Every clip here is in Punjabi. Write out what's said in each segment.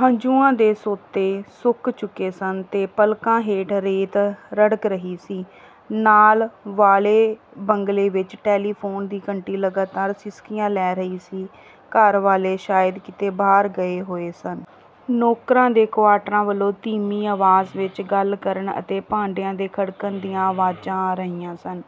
ਹੰਝੂਆਂ ਦੇ ਸੋਤੇ ਸੁੱਕ ਚੁੱਕੇ ਸਨ ਤੇ ਪਲਕਾਂ ਹੇਠ ਰੇਤ ਰੜਕ ਰਹੀ ਸੀ। ਨਾਲ ਵਾਲੇ ਬੰਗਲੇ ਵਿੱਚ ਟੈਲੀਫੋਨ ਦੀ ਘੰਟੀ ਲਗਾਤਾਰ ਸਿਸਕੀਆਂ ਲੈ ਰਹੀ ਸੀ। ਘਰ ਵਾਲੇ ਸ਼ਾਇਦ ਕਿਤੇ ਬਾਹਰ ਗਏ ਹੋਏ ਸਨ। ਨੌਕਰਾਂ ਦੇ ਕੁਆਰਟਰਾਂ ਵੱਲੋਂ ਧੀਮੀ ਆਵਾਜ਼ ਵਿੱਚ ਗੱਲ ਕਰਨ ਅਤੇ ਭਾਂਡਿਆਂ ਦੇ ਖੜਕਣ ਦੀਆਂ ਆਵਾਜ਼ਾਂ ਆ ਰਹੀਆਂ ਸਨ।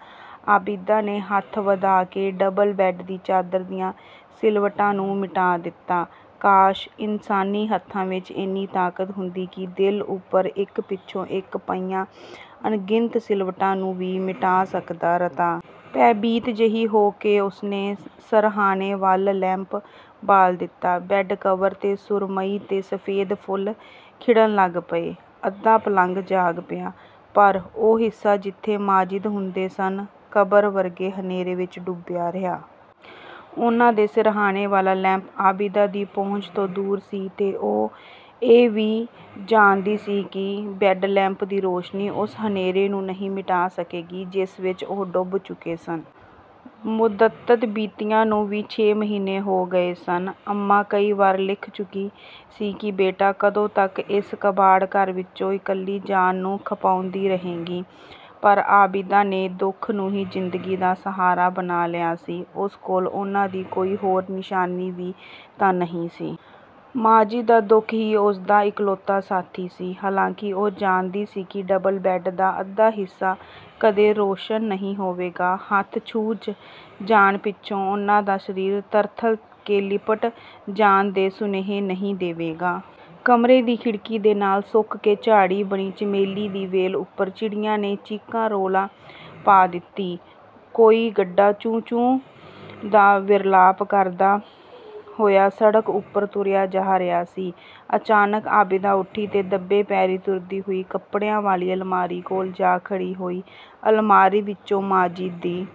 ਆਬਿਦਾ ਨੇ ਹੱਥ ਵਧਾ ਕੇ ਡਬਲ-ਬੈੱਡ ਦੀ ਚਾਦਰ ਦੀਆਂ ਸਿਲਵਟਾਂ ਨੂੰ ਮਿਟਾ ਦਿੱਤਾ। ਕਾਸ਼, ਇਨਸਾਨੀ ਹੱਥਾਂ ਵਿੱਚ ਇੰਨੀ ਤਾਕਤ ਹੁੰਦੀ ਕਿ ਦਿਲ ਉੱਪਰ ਇੱਕ ਪਿੱਛੋਂ ਇੱਕ ਪਈਆਂ ਅਣਗਿਣਤ ਸਿਲਵਟਾਂ ਨੂੰ ਵੀ ਮਿਟਾ ਸਕਦਾ। ਰਤਾ ਭੈਭੀਤ ਜਿਹੀ ਹੋ ਕੇ ਉਸਨੇ ਸਿਰਹਾਣੇ ਵਾਲਾ ਲੈਂਪ ਬਾਲ ਦਿੱਤਾ। ਬੈੱਡ-ਕਵਰ ਦੇ ਸੁਰਮਈ ਤੇ ਸਫ਼ੇਦ ਫੁੱਲ ਖਿੜਣ ਲੱਗ ਪਏ। ਅੱਧਾ ਪਲੰਘ ਜਾਗ ਪਿਆ। ਪਰ ਉਹ ਹਿੱਸਾ ਜਿੱਥੇ ਮਾਜਿਦ ਹੁੰਦੇ ਸਨ, ਕਬਰ ਵਰਗੇ ਹਨੇਰੇ ਵਿੱਚ ਡੁੱਬਿਆ ਰਿਹਾ। ਉਨ੍ਹਾਂ ਦੇ ਸਿਰਹਾਣੇ ਵਾਲਾ ਲੈਂਪ ਆਬਿਦਾ ਦੀ ਪਹੁੰਚ ਤੋਂ ਦੂਰ ਸੀ ਤੇ ਉਹ ਇਹ ਵੀ ਜਾਣਦੀ ਸੀ ਕਿ ਬੈੱਡ-ਲੈਂਪ ਦੀ ਰੌਸ਼ਨੀ ਉਸ ਹਨੇਰੇ ਨੂੰ ਨਹੀਂ ਮਿਟਾ ਸਕੇਗੀ, ਜਿਸ ਵਿੱਚ ਉਹ ਡੁੱਬ ਚੁੱਕੇ ਸਨ। ਮੁੱਦਤ ਬੀਤੀਆਂ ਨੂੰ ਵੀ ਛੇ ਮਹੀਨੇ ਹੋ ਗਏ ਸਨ। ਅੰਮਾਂ ਕਈ ਵਾਰੀ ਲਿਖ ਚੁੱਕੀ ਸੀ ਕਿ ਬੇਟਾ ਕਦੋਂ ਤੱਕ ਇਸ ਕਬਾੜ-ਘਰ ਵਿੱਚ ਇਕੱਲੀ ਜਾਨ ਨੂੰ ਖਪਾਉਂਦੀ ਰਹੇਂਗੀ? ਪਰ ਆਬਿਦਾ ਨੇ ਦੁੱਖ ਨੂੰ ਹੀ ਜ਼ਿੰਦਗੀ ਦਾ ਸਹਾਰਾ ਬਣਾ ਲਿਆ ਸੀ, ਉਸ ਕੋਲ ਉਨ੍ਹਾਂ ਦੀ ਕੋਈ ਹੋਰ ਨਿਸ਼ਾਨੀ ਵੀ ਤਾਂ ਨਹੀਂ ਸੀ। ਮਾਜਿਦ ਦਾ ਦੁੱਖ ਹੀ ਉਸਦਾ ਇਕਲੌਤਾ ਸਾਥੀ ਸੀ। ਹਾਲਾਂਕਿ ਉਹ ਜਾਣਦੀ ਸੀ ਕਿ, ਡਬਲ-ਬੈੱਡ ਦਾ ਅੱਧਾ ਹਿੱਸਾ ਕਦੇ ਰੌਸ਼ਨ ਨਹੀਂ ਹੋਵੇਗਾ, ਹੱਥ ਛੂਹ ਜਾਣ ਪਿੱਛੋਂ ਉਨ੍ਹਾਂ ਦਾ ਸਰੀਰ ਤਰਥੱਲ ਕੇ ਲਿਪਟ ਜਾਣ ਦੇ ਸੁਨੇਹੇ ਨਹੀਂ ਦੇਵੇਗਾ। ਕਮਰੇ ਦੀ ਖਿੜਕੀ ਦੇ ਨਾਲ ਸੁੱਕ ਕੇ ਝਾੜੀ ਬਣੀ ਚਮੇਲੀ ਦੀ ਵੇਲ ਉੱਪਰ ਚਿੜੀਆਂ ਨੇ ਚੀਕਾ-ਰੌਲੀ ਪਾ ਦਿੱਤੀ। ਕੋਈ ਗੱਡਾ 'ਚੂੰ-ਚੂੰ' ਦਾ ਵਿਰਲਾਪ ਕਰਦਾ ਹੋਇਆ ਸੜਕ ਉੱਪਰ ਤੁਰਿਆ ਜਾ ਰਿਹਾ ਸੀ। ਅਚਾਨਕ ਆਬਿਦਾ ਉੱਠੀ ਤੇ ਦੱਬੇ ਪੈਰੀਂ ਤੁਰਦੀ ਹੋਈ ਕੱਪੜਿਆਂ ਵਾਲੀ ਅਲਮਾਰੀ ਕੋਲ ਜਾ ਖੜ੍ਹੀ ਹੋਈ। ਅਲਮਾਰੀ ਵਿੱਚੋਂ ਮਾਜਿਦ ਦੀ